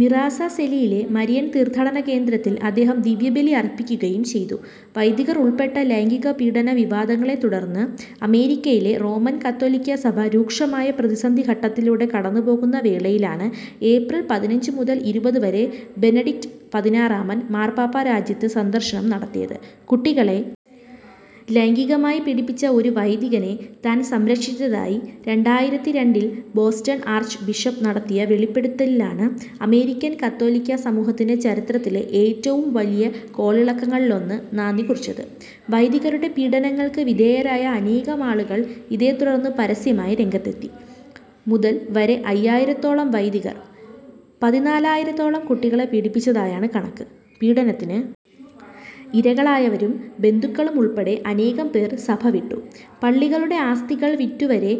മിറാസസെലിലെ Marian തീർത്ഥാടന കേന്ദ്രത്തിൽ അദ്ദേഹം ദിവ്യബലി അർപ്പിക്കുകയും ചെയ്തു. വൈദികർ ഉൾപ്പെട്ട ലൈംഗിക പീഡന വിവാദങ്ങളെ തുടർന്ന് അമേരിക്കയിലെ റോമൻ കത്തോലിക്കാ സഭ രൂക്ഷമായ പ്രതിസന്ധിഘട്ടത്തിലൂടെ കടന്നുപോകുന്ന വേളയിലാണ് ഏപ്രിൽ പതിനഞ്ച് മുതൽ ഇരുപത് വരെ ബെനഡിക്ട് പതിനാറാമൻ മാർപ്പാപ്പ രാജ്യത്ത് സന്ദർശനം നടത്തിയത്. കുട്ടികളെ ലൈംഗികമായി പീഡിപ്പിച്ച ഒരു വൈദികനെ താൻ സംരക്ഷിച്ചതായി രണ്ടായിരത്തി രണ്ടിൽ ബോസ്റ്റൺ ആർച്ച് ബിഷപ്പ് നടത്തിയ വെളിപ്പെടുത്തലാണ് അമേരിക്കൻ കത്തോലിക്കാ സമൂഹത്തിൻ്റെ ചരിത്രത്തിലെ ഏറ്റവും വലിയ കോളിളക്കങ്ങളിലൊന്നിന് നാന്ദി കുറിച്ചത്. വൈദികരുടെ പീഡനങ്ങൾക്ക് വിധേയരായ അനേകമാളുകൾ ഇതേ തുടർന്ന് പരസ്യമായി രംഗത്തെത്തി. മുതൽ വരെ അയ്യായിരത്തോളം വൈദികർ പതിനാലായിരത്തോളം കുട്ടികളെ പീഡിപ്പിച്ചതായാണ് കണക്ക്. പീഡനത്തിന് ഇരകളായവരും ബന്ധുക്കളും ഉൾപ്പെടെ അനേകം പേർ സഭ വിട്ടു. പള്ളികളുടെ ആസ്തികൾ വിറ്റുവരെ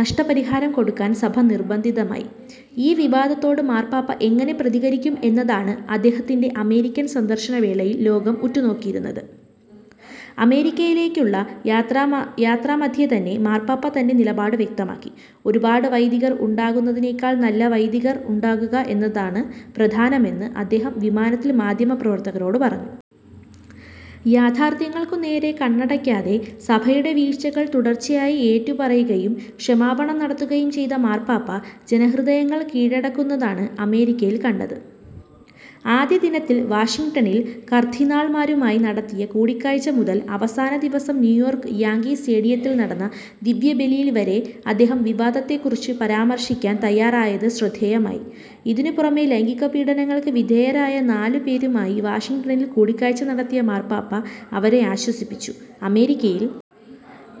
നഷ്ടപരിഹാരം കൊടുക്കാൻ സഭ നിർബന്ധിതമായി. ഈ വിവാദത്തോട് മാർപ്പാപ്പ എങ്ങനെ പ്രതികരിക്കും എന്നതാണ് അദ്ദേഹത്തിൻ്റെ അമേരിക്കൻ സന്ദർശന വേളയിൽ ലോകം ഉറ്റുനോക്കിയിരുന്നത്. അമേരിക്കയിലേക്കുള്ള യാത്രാമധ്യേതന്നെ മാർപ്പാപ്പ തൻ്റെ നിലപാട് വ്യക്തമാക്കി. ഒരുപാട് വൈദികർ ഉണ്ടാകുന്നതിനേക്കാൾ നല്ല വൈദികർ ഉണ്ടാകുക എന്നതാണ് പ്രധാനമെന്ന് അദ്ദേഹം വിമാനത്തിൽ മാധ്യമപ്രവർത്തകരോടു പറഞ്ഞു. യാഥാർഥ്യങ്ങൾക്കു നേരെ കണ്ണടയ്ക്കാതെ സഭയുടെ വീഴ്ചകൾ തുടർച്ചയായി ഏറ്റുപറയുകയും ക്ഷമാപണം നടത്തുകയും ചെയ്ത മാർപ്പാപ്പ ജനഹൃദയങ്ങൾ കീഴടക്കുന്നതാണ് അമേരിക്കയിൽ കണ്ടത്. ആദ്യദിനത്തിൽ വാഷിങ്ടണിൽ കർദ്ദിനാൾമാരുമായി നടത്തിയ കൂടിക്കാഴ്ച മുതൽ അവസാന ദിവസം ന്യൂയോർക്ക് യാങ്കി സ്റ്റേഡിയത്തിൽ നടന്ന ദിവ്യബലിയിൽവരെ അദ്ദേഹം വിവാദത്തെക്കുറിച്ച് പരാമർശിക്കാൻ തയ്യാറായത് ശ്രദ്ധേയമായി. ഇതിനു പുറമെ ലൈംഗിക പീഡനങ്ങൾക്ക് വിധേയരായ നാലുപേരുമായി വാഷിങ്ടണിൽ കൂടിക്കാഴ്ച നടത്തിയ മാർപ്പാപ്പ അവരെ ആശ്വസിപ്പിച്ചു. അമേരിക്കയിൽ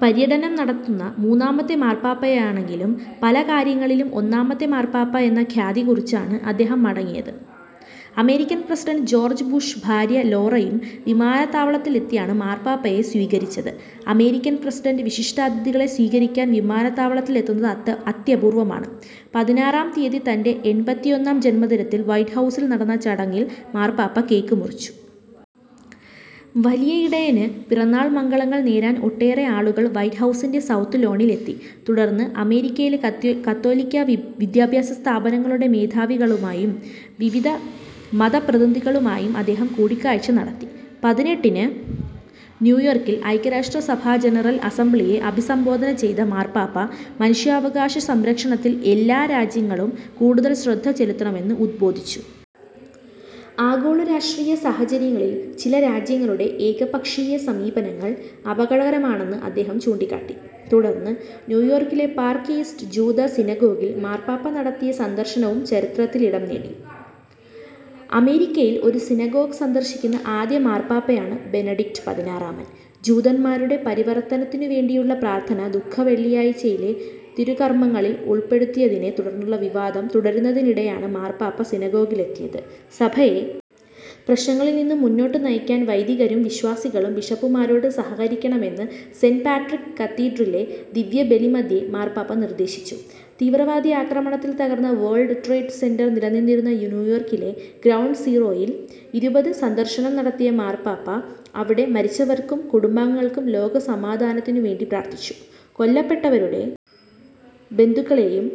പര്യടനം നടത്തുന്ന മൂന്നാമത്തെ മാർപ്പാപ്പയാണെങ്കിലും പല കാര്യങ്ങളിലും ഒന്നാമത്തെ മാർപ്പാപ്പ എന്ന ഖ്യാതി കുറിച്ചാണ് അദ്ദേഹം മടങ്ങിയത്. അമേരിക്കൻ പ്രസിഡന്റ് ജോർജ് ബുഷും ഭാര്യ ലോറയും വിമാനത്താവളത്തിലെത്തിയാണ് മാർപ്പാപ്പയെ സ്വീകരിച്ചത്. അമേരിക്കൻ പ്രസിഡന്റ് വിശിഷ്ടാതിഥികളെ സ്വീകരിക്കാൻ വിമാനത്താവളത്തിലെത്തുന്നത് അത്യപൂർവമാണ്. പതിനാറാം തീയതി തൻ്റെ എൺപത്തിയൊന്നാം ജന്മദിനത്തിൽ വൈറ്റ് ഹൗസിൽ നടന്ന ചടങ്ങിൽ മാർപ്പാപ്പ കേക്ക് മുറിച്ചു. വലിയ ഇടയന് പിറന്നാൾ മംഗളങ്ങൾ നേരാൻ ഒട്ടേറെ ആളുകൾ വൈറ്റ് ഹൗസിൻ്റെ സൗത്ത് ലോണിൽ എത്തി. തുടർന്ന് അമേരിക്കയിലെ കത്തോലിക്കാ വിദ്യാഭ്യാസ സ്ഥാപനങ്ങളുടെ മേധാവികളുമായും വിവിധ മതപ്രതിനിധികളുമായും അദ്ദേഹം കൂടിക്കാഴ്ച നടത്തി. പതിനെട്ടിന് ന്യൂയോർക്കിൽ ഐക്യരാഷ്ട്രസഭാ ജനറൽ അസംബ്ലിയെ അഭിസംബോധന ചെയ്ത മാർപ്പാപ്പ മനുഷ്യാവകാശ സംരക്ഷണത്തിൽ എല്ലാ രാജ്യങ്ങളും കൂടുതൽ ശ്രദ്ധ ചെലുത്തണമെന്ന് ഉദ്ബോധിപ്പിച്ചു. ആഗോള രാഷ്ട്രീയ സാഹചര്യങ്ങളിൽ ചില രാജ്യങ്ങളുടെ ഏകപക്ഷീയ സമീപനങ്ങൾ അപകടകരമാണെന്ന് അദ്ദേഹം ചൂണ്ടിക്കാട്ടി. തുടർന്ന് ന്യൂയോർക്കിലെ പാർക്ക് ഈസ്റ്റ് ജൂത സിനഗോഗിൽ മാർപ്പാപ്പ നടത്തിയ സന്ദർശനവും ചരിത്രത്തിൽ ഇടം നേടി. അമേരിക്കയിൽ ഒരു സിനഗോഗ് സന്ദർശിക്കുന്ന ആദ്യ മാർപ്പാപ്പയാണ് ബെനഡിക്ട് പതിനാറാമൻ. ജൂതന്മാരുടെ പരിവർത്തനത്തിനുവേണ്ടിയുള്ള പ്രാർഥന ദുഃഖവെള്ളിയാഴ്ചയിലെ തിരുക്കർമങ്ങളിൽ ഉൾപ്പെടുത്തിയതിനെ തുടർന്നുള്ള വിവാദം തുടരുന്നതിനിടെയാണ് മാർപ്പാപ്പ സിനഗോഗിലെത്തിയത്. സഭയെ പ്രശ്നങ്ങളിൽനിന്ന് മുന്നോട്ടു നയിക്കാൻ വൈദികരും വിശ്വാസികളും ബിഷപ്പുമാരോട് സഹകരിക്കണമെന്ന് സെന്റ് പാട്രിക് കത്തീഡ്രലിലെ ദിവ്യബലിമധ്യേ മാർപ്പാപ്പ നിർദ്ദേശിച്ചു. തീവ്രവാദി ആക്രമണത്തിൽ തകർന്ന വേൾഡ് ട്രേഡ് സെന്റർ നിലനിന്നിരുന്ന ന്യൂയോർക്കിലെ ഗ്രൗണ്ട് സീറോയിൽ ഇരുപതിന് സന്ദർശനം നടത്തിയ മാർപ്പാപ്പ അവിടെ മരിച്ചവർക്കും കുടുംബാംഗങ്ങൾക്കും ലോകസമാധാനത്തിനും വേണ്ടി പ്രാർഥിച്ചു. കൊല്ലപ്പെട്ടവരുടെ ബന്ധുക്കളുടെയും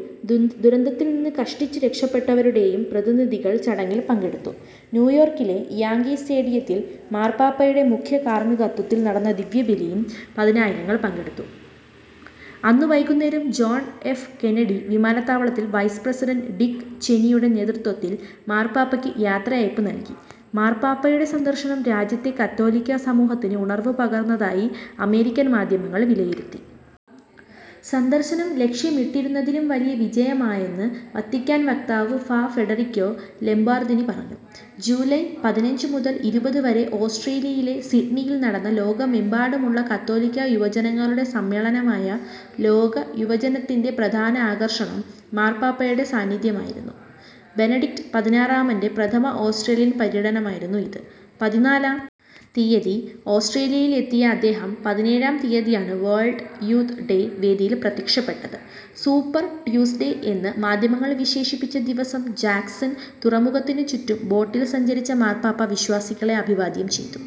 ദുരന്തത്തിൽനിന്ന് കഷ്ടിച്ച് രക്ഷപ്പെട്ടവരുടെയും പ്രതിനിധികൾ ചടങ്ങിൽ പങ്കെടുത്തു. ന്യൂയോർക്കിലെ യാങ്കി സ്റ്റേഡിയത്തിൽ മാർപ്പാപ്പയുടെ മുഖ്യകാർമികത്വത്തിൽ നടന്ന ദിവ്യബലിയിലും പതിനായിരങ്ങൾ പങ്കെടുത്തു. അന്നു വൈകുന്നേരം ജോൺ എഫ് കെന്നഡി വിമാനത്താവളത്തിൽ വൈസ് പ്രസിഡന്റ് ഡിക് ചെനിയുടെ നേതൃത്വത്തിൽ മാർപ്പാപ്പയ്ക്ക് യാത്രയയപ്പ് നൽകി. മാർപ്പാപ്പയുടെ സന്ദർശനം രാജ്യത്തെ കത്തോലിക്കാ സമൂഹത്തിന് ഉണർവ് പകർന്നതായി അമേരിക്കൻ മാധ്യമങ്ങൾ വിലയിരുത്തി. സന്ദർശനം ലക്ഷ്യമിട്ടിരുന്നതിലും വലിയ വിജയമായെന്ന് വത്തിക്കാൻ വക്താവ് ഫാ. ഫെഡറിക്കോ ലൊംബാർദി പറഞ്ഞു. ജൂലൈ പതിനഞ്ച് മുതൽ ഇരുപത് വരെ ഓസ്ട്രേലിയയിലെ സിഡ്നിയിൽ നടന്ന ലോകമെമ്പാടുമുള്ള കത്തോലിക്കാ യുവജനങ്ങളുടെ സമ്മേളനമായ ലോക യുവജനദിനത്തിൻ്റെ പ്രധാന ആകർഷണം മാർപ്പാപ്പയുടെ സാന്നിധ്യമായിരുന്നു. ബെനഡിക്ട് പതിനാറാമൻ്റെ പ്രഥമ ഓസ്ട്രേലിയൻ പര്യടനമായിരുന്നു ഇത്. പതിനാലാം തീയതി ഓസ്ട്രേലിയയിൽ എത്തിയ അദ്ദേഹം പതിനേഴാം തീയതിയാണ് വേൾഡ് യൂത്ത് ഡേ വേദിയിൽ പ്രത്യക്ഷപ്പെട്ടത്. സൂപ്പർ ട്യൂസ്ഡേ എന്ന് മാധ്യമങ്ങൾ വിശേഷിപ്പിച്ച ദിവസം ജാക്സൺ തുറമുഖത്തിനു ചുറ്റും ബോട്ടിൽ സഞ്ചരിച്ച മാർപ്പാപ്പ വിശ്വാസികളെ അഭിവാദ്യം ചെയ്തു.